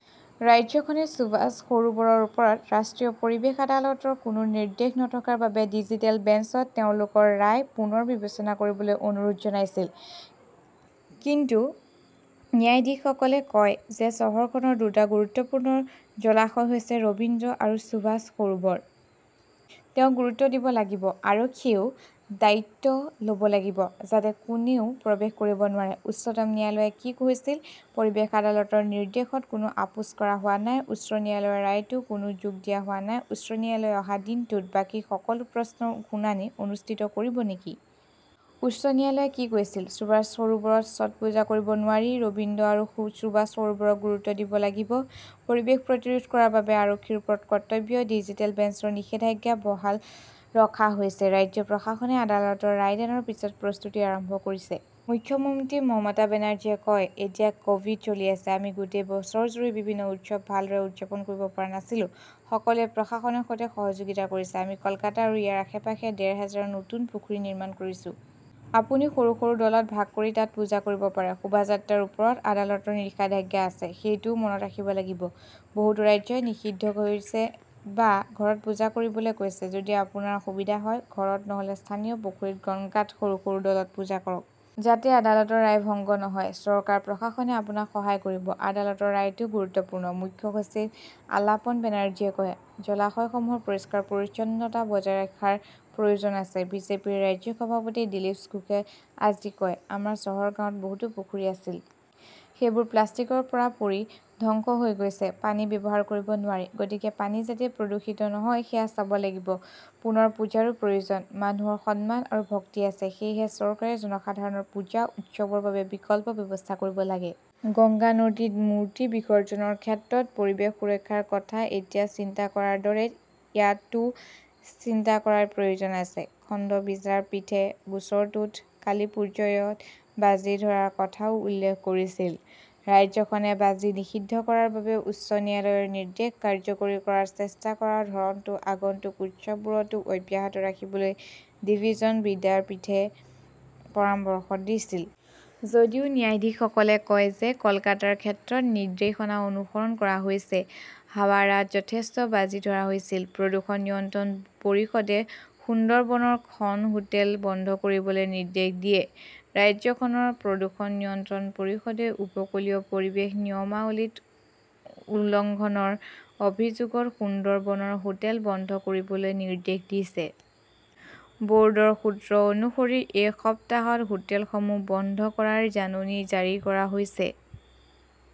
ৰাজ্যখনে সুভাষ সৰোবৰৰ ওপৰত ৰাষ্ট্ৰীয় পৰিৱেশ আদালতৰ কোনো নিৰ্দেশ নথকাৰ বাবে ডিভিজন বেঞ্চত তেওঁলোকৰ ৰায় পুনৰ বিবেচনা কৰিবলৈ অনুৰোধ জনাইছিল। কিন্তু ন্যায়াধীশসকলে কয় যে চহৰখনৰ দুটা গুৰুত্বপূৰ্ণ জলাশয় হৈছে ৰবীন্দ্ৰ আৰু সুভাষ সৰোবৰ। তেওঁ গুৰুত্ব দিব লাগিব। আৰক্ষীয়েও দায়িত্ব লব লাগিব, যাতে কোনেও প্ৰৱেশ কৰিব নোৱাৰে। উচ্চতম ন্যায়ালয়ে কি কৈছিল; পৰিৱেশ আদালতৰ নিৰ্দেশত কোনো আপোচ কৰা হোৱা নাই, উচ্চ ন্যায়ালয়ৰ ৰায়টোত কোনো যোগ দিয়া হোৱা নাই, উচ্চ ন্যায়ালয়ে অহা দিনটোত বাকী সকলো প্ৰশ্নৰ শুনানি অনুষ্ঠিত কৰিব নেকি? উচ্চ ন্যায়ালয়ে কি কৈছিল; সুভাষ সৰোবৰত ছটপূজা কৰিব নোৱাৰি, ৰবীন্দ্ৰ আৰু সুভাষ সৰোবৰক গুৰুত্ব দিব লাগিব। প্ৰৱেশ প্ৰতিৰোধ কৰাৰ বাবে আৰক্ষীৰ ওপৰত কৰ্তব্য, ডিভিজন বেঞ্চৰ নিষেধাজ্ঞা বহাল ৰখা হৈছে; ৰাজ্য প্ৰশাসনে আদালতৰ ৰায়দানৰ পিছত প্ৰস্তুতি আৰম্ভ কৰিছে। মুখ্যমন্ত্ৰী মমতা বেনাৰ্জীয়ে কয়, এতিয়া কভিড চলি আছে। আমি গোটেই বছৰজুৰি বিভিন্ন উৎসৱ ভালদৰে উদযাপন কৰিব পৰা নাছিলো। সকলোৱে প্ৰশাসনৰ সৈতে সহযোগিতা কৰিছে। আমি কলকাতা আৰু ইয়াৰ আশে-পাশে ডেৰ হাজাৰ নতুন পুখুৰী নিৰ্মাণ কৰিছো। আপুনি সৰু-সৰু দলত ভাগ কৰি তাত পূজা কৰিব পাৰে। শোভাযাত্ৰাৰ ওপৰত আদালতৰ নিষেধাজ্ঞা আছে। সেইটোও মনত ৰাখিব লাগিব। বহুতো ৰাজ্যই নিষিদ্ধ কৰিছে বা ঘৰত পূজা কৰিবলৈ কৈছে। যদি আপোনাৰ সুবিধা হয়, ঘৰত, নহ 'লে স্থানীয় পুখুৰী গঙ্গাত সৰু-সৰু দলত পূজা কৰক। যাতে আদালতৰ ৰায় ভংগ নহয়। চৰকাৰ-প্ৰশাসনে আপোনাক সহায় কৰিব। আদালতৰ ৰায়টো গুৰুত্বপূৰ্ণ, মুখ্য সচিব আলাপন বেনাৰ্জীয়ে কয়। জলাশয়সমূহৰ পৰিষ্কাৰ-পৰিচ্ছন্নতা বজাই ৰখাৰ প্ৰয়োজন আছে, বিজেপিৰ ৰাজ্যিক সভাপতি দিলীপ ঘোষে আজি কয়। আমাৰ চহৰ-গাঁৱত বহুতো পুখুৰী আছিল। সেইবোৰ প্লাষ্টিকৰ পৰা পৰি ধ্বংস হৈ গৈছে। পানী ব্যৱহাৰ কৰিব নোৱাৰি। গতিকে পানী যাতে প্ৰদূষিত নহয় সেয়া চাব লাগিব। পুনৰ পূজাৰো প্ৰয়োজন, মানুহৰ সন্মান আৰু ভক্তি আছে। সেয়েহে চৰকাৰে জনসাধাৰণৰ পূজা-উৎসৱৰ বাবে বিকল্প ব্যৱস্থা কৰিব লাগে। গংগা নদীত মূৰ্তি বিসৰ্জনৰ ক্ষেত্ৰত পৰিৱেশ সুৰক্ষাৰ কথা এতিয়া চিন্তা কৰাৰ দৰে ইয়াতও চিন্তা কৰাৰ প্ৰয়োজন আছে। খণ্ড বিচাৰপীঠে গোচৰটোত কালিপ্পুজোয়ত বাজি ধৰাৰ কথাও উল্লেখ কৰিছিল। ৰাজ্যখনে বাজি নিষিদ্ধ কৰাৰ বাবে উচ্চ ন্যায়ালয়ৰ নিৰ্দেশ কাৰ্যকৰী কৰাৰ চেষ্টা কৰাৰ ধৰণটো আগন্তুক উৎসৱবোৰতো অব্যাহত ৰাখিবলৈ ডিভিজন বিচাৰপীঠে পৰামৰ্শ দিছিল। যদিও ন্যায়াধীশসকলে কয় যে কলকাতাৰ ক্ষেত্ৰত নিৰ্দেশনা অনুসৰণ কৰা হৈছিল, হাৱাৰাত যথেষ্ট বাজি ধৰা হৈছিল। প্ৰদূষণ নিয়ন্ত্ৰণ পৰিষদে সুন্দৰবনৰ খন হোটেল বন্ধ কৰিবলৈ নিৰ্দেশ দিয়ে, ৰাজ্যখনৰ প্ৰদূষণ নিয়ন্ত্ৰণ পৰিষদে উপকূলীয় পৰিৱেশ নিয়মাৱলী উলংঘনৰ অভিযোগত সুন্দৰবনৰ হোটেল বন্ধ কৰিবলৈ নিৰ্দেশ দিছে। বৰ্ডৰ সূত্ৰ অনুসৰি এই সপ্তাহত হোটেলসমূহ বন্ধ কৰাৰ জাননী জাৰি কৰা হৈছে।